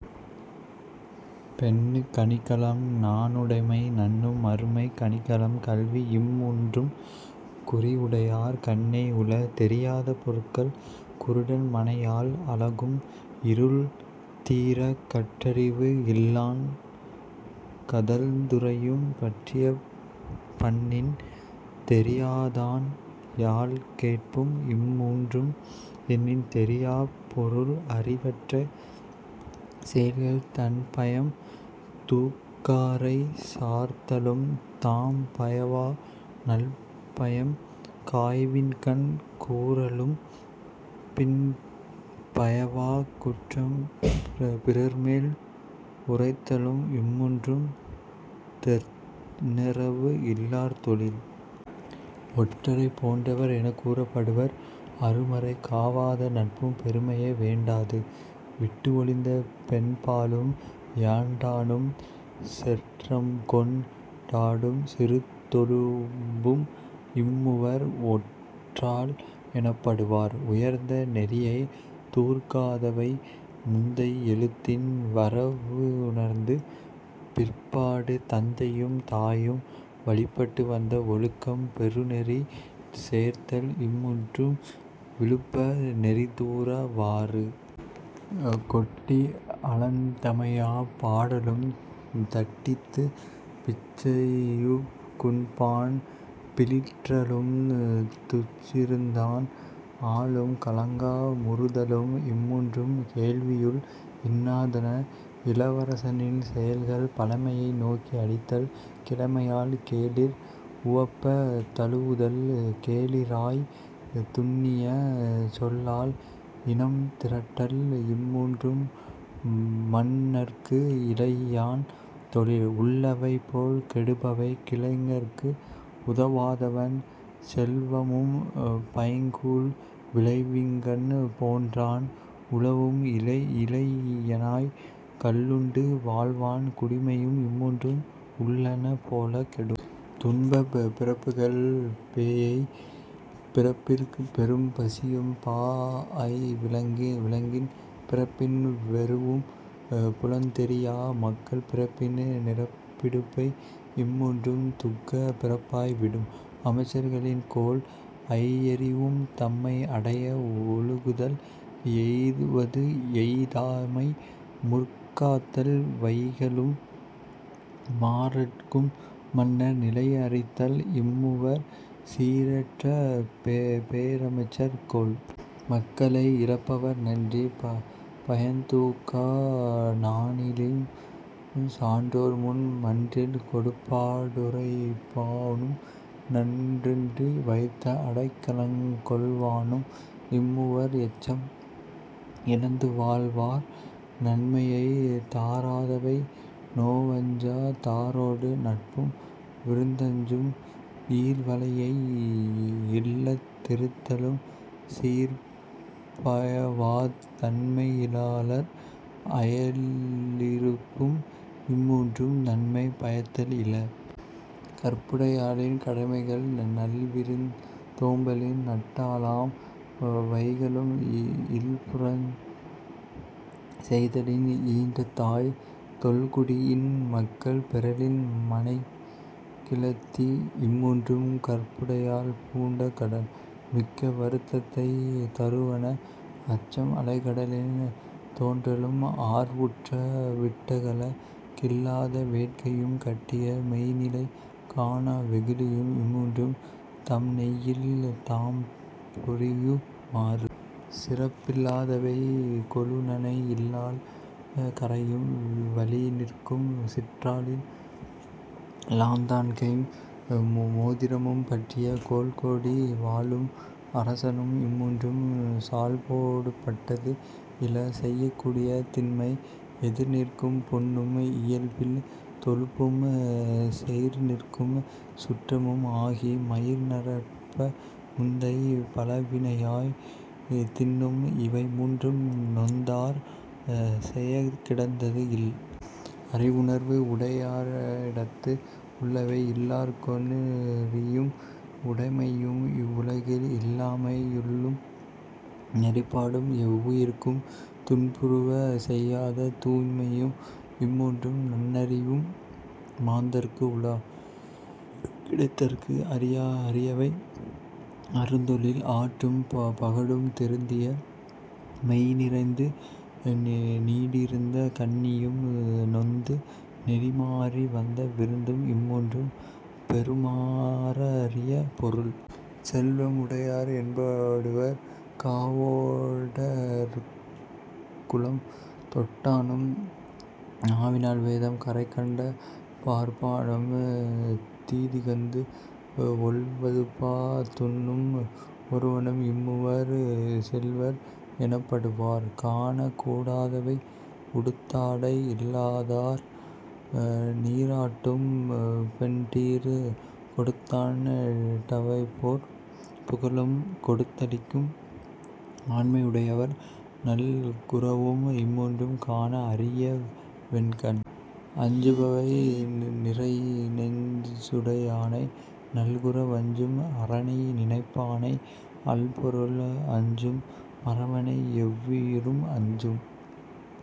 பெண்ணுக் கணிகலம் நாணுடைமை நண்ணும் மறுமைக் கணிகலம் கல்வி இம்மூன்றும் குறியுடையார் கண்ணே யுள.. தெரியாத பொருள்கள் குருடன் மனையாள் அழகும் இருள்தீரக் கற்றறிவு இல்லான் கதழ்ந்துரையும் பற்றிய பண்ணின் தெரியாதான் யாழ்கேட்பும் இம்மூன்றும் எண்ணின் தெரியாப் பொருள்.. அறிவற்ற செயல்கள் தன்பயம் தூக்காரைச் சார்தலும் தாம்பயவா நல்பயம் காய்வின்கண் கூறலும் பின்பயவாக் குற்றம் பிறர்மேல் உரைத்தலும் இம்மூன்றும் தெற்றெனவு இல்லார் தொழில்.. ஒற்றரைப் போன்றவர் எனக் கூறப்படுவர் அருமறை காவாத நட்பும் பெருமையை வேண்டாது விட்டுஒழிந்த பெண்பாலும் யாண்டானும் செற்றம்கொண் டாடும் சிறுதொழும்பும் இம்மூவர் ஒற்றாள் எனப்படு வார்.. உயர்ந்த நெறியைத் தூர்க்காதவை முந்தை எழுத்தின் வரவுணர்ந்து பிற்பாடு தந்தையும் தாயும் வழிபட்டு வந்த ஒழுக்கம் பெருநெறி சேர்தல் இம்மூன்றும் விழுப்ப நெறிதூரா வாறு. கொட்டி அளந்தமையாப் பாடலும் தட்டித்துப் பிச்சைபுக் குண்பான் பிளிற்றலும் துச்சிருந்தான் ஆளும் கலங்கா முறுதலும் இம்மூன்றும் கேள்வியுள் இன்னா தன.. இளவரசனின் செயல்கள் பழமையை நோக்கி அளித்தல் கிழமையால் கேளிர் உவப்பத் தழுவுதல் கேளிராய்த் துன்னிய சொல்லால் இனம்திரட்டல் இம்மூன்றும் மன்னற்கு இளையான் தொழில்.. உள்ளவை போல் கெடுபவை கிளைஞர்க்கு உதவாதவன் செல்வமும் பைங்கூழ் விளைவின்கண் போற்றான் உழவும் இளையனாய்க் கள்ளுண்டு வாழ்வான் குடிமையும் இம்மூன்றும் உள்ளன போலக் கெடும்.. துன்பப் பிறப்புகள் பேஎய்ப் பிறப்பிற் பெரும்பசியும் பாஅய் விலங்கின் பிறப்பின் வெருவும் புலம்தெரியா மக்கள் பிறப்பின் நிரப்பிடும்பை இம்மூன்றும் துக்கப் பிறப்பாய் விடும்.. அமைச்சர்களின் கோள் ஐயறிவும் தம்மை அடைய ஒழுகுதல் எய்துவது எய்தாமை முற்காத்தல் வைகலும் மாறேற்கும் மன்னர் நிலைஅறிதல் இம்மூவர் சீரேற்ற பேரமைச்சர் கோள்.. மக்களை இழப்பவர் நன்றிப் பயன்தூக்கா நாணிலியும் சான்றோர்முன் மன்றில் கொடும்பா டுரைப்பானும் நன்றின்றி வைத்த அடைக்கலங் கொள்வானும் இம்மூவர் எச்சம் இழந்துவாழ் வார்.. நன்மையைத் தாராதவை நோவஞ்சா தாரொடு நட்பும் விருந்தஞ்சும் ஈர்வளையை இல்லத் திருத்தலும் சீர்பயவாத் தன்மையி லாளர் அயலிருப்பும் இம்மூன்றும் நன்மை பயத்தல் இல.. கற்புடையாளின் கடமைகள் நல்விருந் தோம்பலின் நட்டாளாம் வைகலும் இல்புறஞ் செய்தலின் ஈன்றதாய் தொல்குடியின் மக்கள் பெறலின் மனைக்கிழத்தி இம்மூன்றும் கற்புடையாள் பூண்ட கடன்.. மிக்க வருத்தத்தைத் தருவன அச்சம் அலைகடலின் தோன்றலும் ஆர்வுற்ற விட்டகல கில்லாத வேட்கையும் கட்டிய மெய்ந்நிலை காணா வெகுளியும் இம்மூன்றும் தம்நெய்யில் தாம்பொரியு மாறு.. சிறப்பில்லாதவை கொழுநனை இல்லாள் கறையும் வழிநிற்கும் சிற்றாளில் லாதான்கைம் மோதிரமும் பற்றிய கோல்கோடி வாழும் அரசனும் இம்மூன்றும் சால்போடு பட்டது இல.. செய்யக்கூடிய திண்மை எதிர்நிற்கும் பெண்ணும் இயல்பில் தொழும்பும் செயிர்நிற்கும் சுற்றமும் ஆகி மயிர்நரைப்ப முந்தை பழவினையாய்த் தின்னும் இவைமூன்றும் நொந்தார் செயக்கிடந்தது இல்.. அறவுணர்வு உடையாரிடத்து உள்ளவை இல்லார்க்கொன் றீயும் உடைமையும் இவ்வுலகில் நில்லாமை யுள்ளும் நெறிப்பாடும் எவ்வுயிர்க்கும் துன்புறுவ செய்யாத தூய்மையும் இம்மூன்றும் நன்றறியும் மாந்தர்க்கு உள.. கிடைத்தற்கு அரியவை அருந்தொழில் ஆற்றும் பகடும் திருந்திய மெய்ந்நிறைந்து நீடிருந்த கன்னியும் நொந்து நெறிமாறி வந்த விருந்தும் இம்மூன்றும் பெறுமா றரிய பொருள்.. செல்வம் உடையார் எனப்படுவர் காவோ டறக்குளம் தொட்டானும் நாவினால் வேதம் கரைகண்ட பார்ப்பானும் தீதிகந்து ஒல்வதுபாத் துண்ணும் ஒருவனும் இம்மூவர் செல்வர் எனப்படு வார்.. காணக் கூடாதவை உடுத்தாடை இல்லாதார் நீராட்டும் பெண்டிர் தொடுத்தாண் டவைப்போர் புகலும் கொடுத்தளிக்கும் ஆண்மை யுடையவர் நல்குரவும் இம்மூன்றும் காண அரியவென் கண்.. அஞ்சுபவை நிறைநெஞ் சுடையானை நல்குர வஞ்சும் அறனை நினைப்பானை அல்பொருள் அஞ்சும் மறவனை எவ்வுயிரும் அஞ்சும்